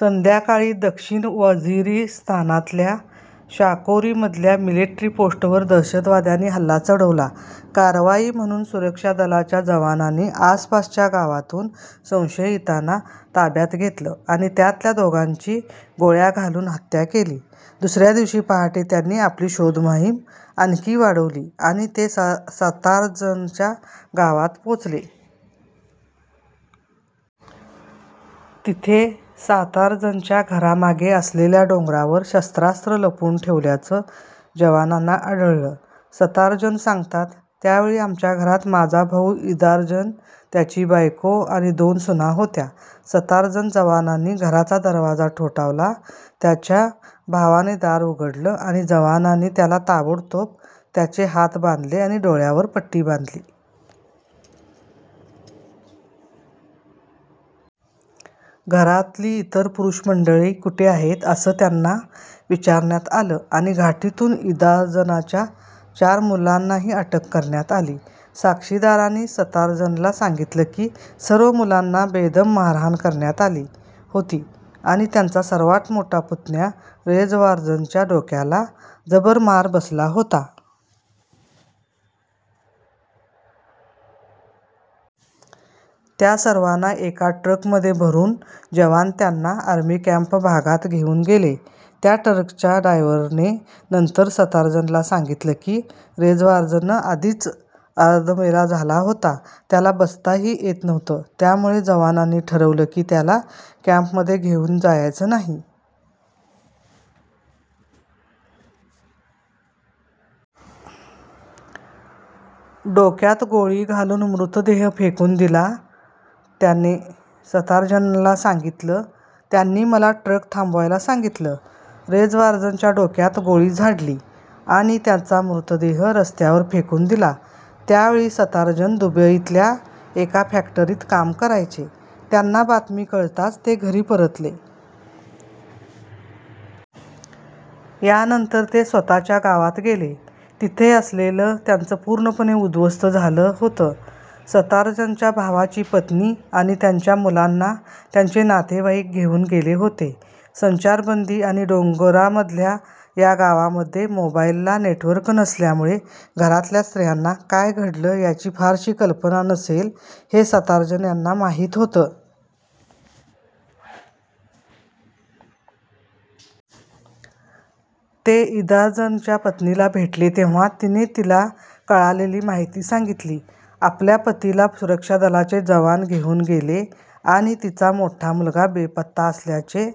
संध्याकाळी दक्षिण वझिरीस्तानातल्या शाकोरीमधल्या मिलिट्री पोस्टवर दहशतवाद्यांनी हल्ला चढवला. कारवाई म्हणून सुरक्षा दलाच्या जवानांनी आसपासच्या गावातून संशयितांना ताब्यात घेतलं आणि त्यातल्या दोघांची गोळ्या घालून हत्या केली. दुसऱ्या दिवशी पहाटे त्यांनी आपली शोध मोहीम आणखी वाढवली आणि ते सतार्जनच्या गावात पोचले. तिथे सतार्जनच्या घरामागे असलेल्या डोंगरावर शस्त्रास्त्र लपवून ठेवल्याचं जवानांना आढळलं. सतार्जन सांगतात, त्यावेळी आमच्या घरात माझा भाऊ इदार्जन, त्याची बायको आणि दोन सुना होत्या. सतार्जन जवानांनी घराचा दरवाजा ठोठावला. त्यांच्या भावाने दार उघडलं आणि जवानांनी त्याला ताबडतोब त्याचे हात बांधले आणि डोळ्यावर पट्टी बांधली. घरातली इतर पुरूष मंडळी कुठे आहेत, असं त्यांना विचारण्यात आलं आणि घाटीतून इदार्जनच्या चार मुलांनाही अटक करण्यात आली. साक्षीदारांनी सतार्जनला सांगितलं की सर्व मुलांना बेदम मारहाण करण्यात आली होती आणि त्यांचा सर्वात मोठा पुतण्या रेझवार्जनच्या डोक्याला जबर मार बसला होता. त्या सर्वांना एका ट्रकमध्ये भरून जवान त्यांना आर्मी कॅम्प भागात घेऊन गेले. त्या ट्रकच्या ड्रायव्हरने नंतर सतार्जनला सांगितलं की रेझवार्जन आधीच अर्धमेला झाला होता. त्याला बसताही येत नव्हतं. त्यामुळे जवानांनी ठरवलं की त्याला कॅम्पमध्ये घेऊन जायचं नाही. डोक्यात गोळी घालून मृतदेह फेकून दिला त्याने सतार्जनला सांगितलं, त्यांनी मला ट्रक थांबवायला सांगितलं. रेझवार्जनच्या डोक्यात गोळी झाडली आणि त्याचा मृतदेह रस्त्यावर फेकून दिला. त्यावेळी सतार्जन दुबईतल्या एका फॅक्ट्रीत काम करायचे. त्यांना बातमी कळताच ते घरी परतले. यानंतर ते स्वतःच्या गावात गेले. तिथे असलेलं त्यांचं पूर्णपणे उद्ध्वस्त झालं होतं. सतार्जनच्या भावाची पत्नी आणि त्याच्या मुलांना त्याचे नातेवाईक घेऊन गेले होते. संचारबंदी आणि डोंगरांमधल्या या गावांमध्ये मोबाईलला नेटवर्क नसल्यामुळे घरातल्या स्त्रियांना काय घडलं, याची फारशी कल्पना नसेल, हे सतार्जन यांना माहिती होतं. ते इदार्जनच्या पत्नीला भेटले तेव्हा तिने तिला कळालेली माहिती सांगितली. आपल्या पतीला सुरक्षा दलाचे जवान घेऊन गेले आणि तिचा मोठा मुलगा बेपत्ता असल्याचं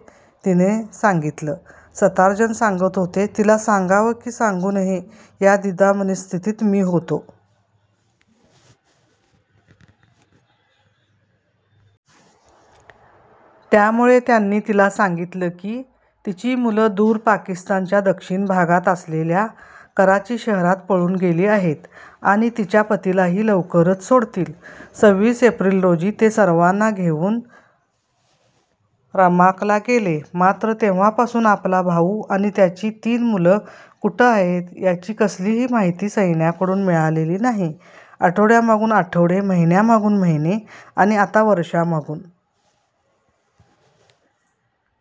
तिने सांगितलं. सतार्जन सांगत होते, तिला सांगावं की सांगू नये, या द्विधा मनःस्थितीत मी होतो. त्यामुळे त्यांनी तिला सांगितलं की तिची मुलं दूर पाकिस्तानच्या दक्षिण भागात असलेल्या कराची शहरात पळून गेली आहेत आणि तिच्या पतीलाही लवकरच सोडतील. सव्वीस एप्रिल रोजी ते सर्वांना घेऊन रमाकला गेले. मात्र, तेव्हापासून आपला भाऊ आणि त्याची तीन मुलं कुठे आहेत, याची कसलीही माहिती सैन्याकडून मिळालेली नाही. आठवड्यांमागून आठवडे, महिन्यांमागून महिने आणि आता वर्षांमागून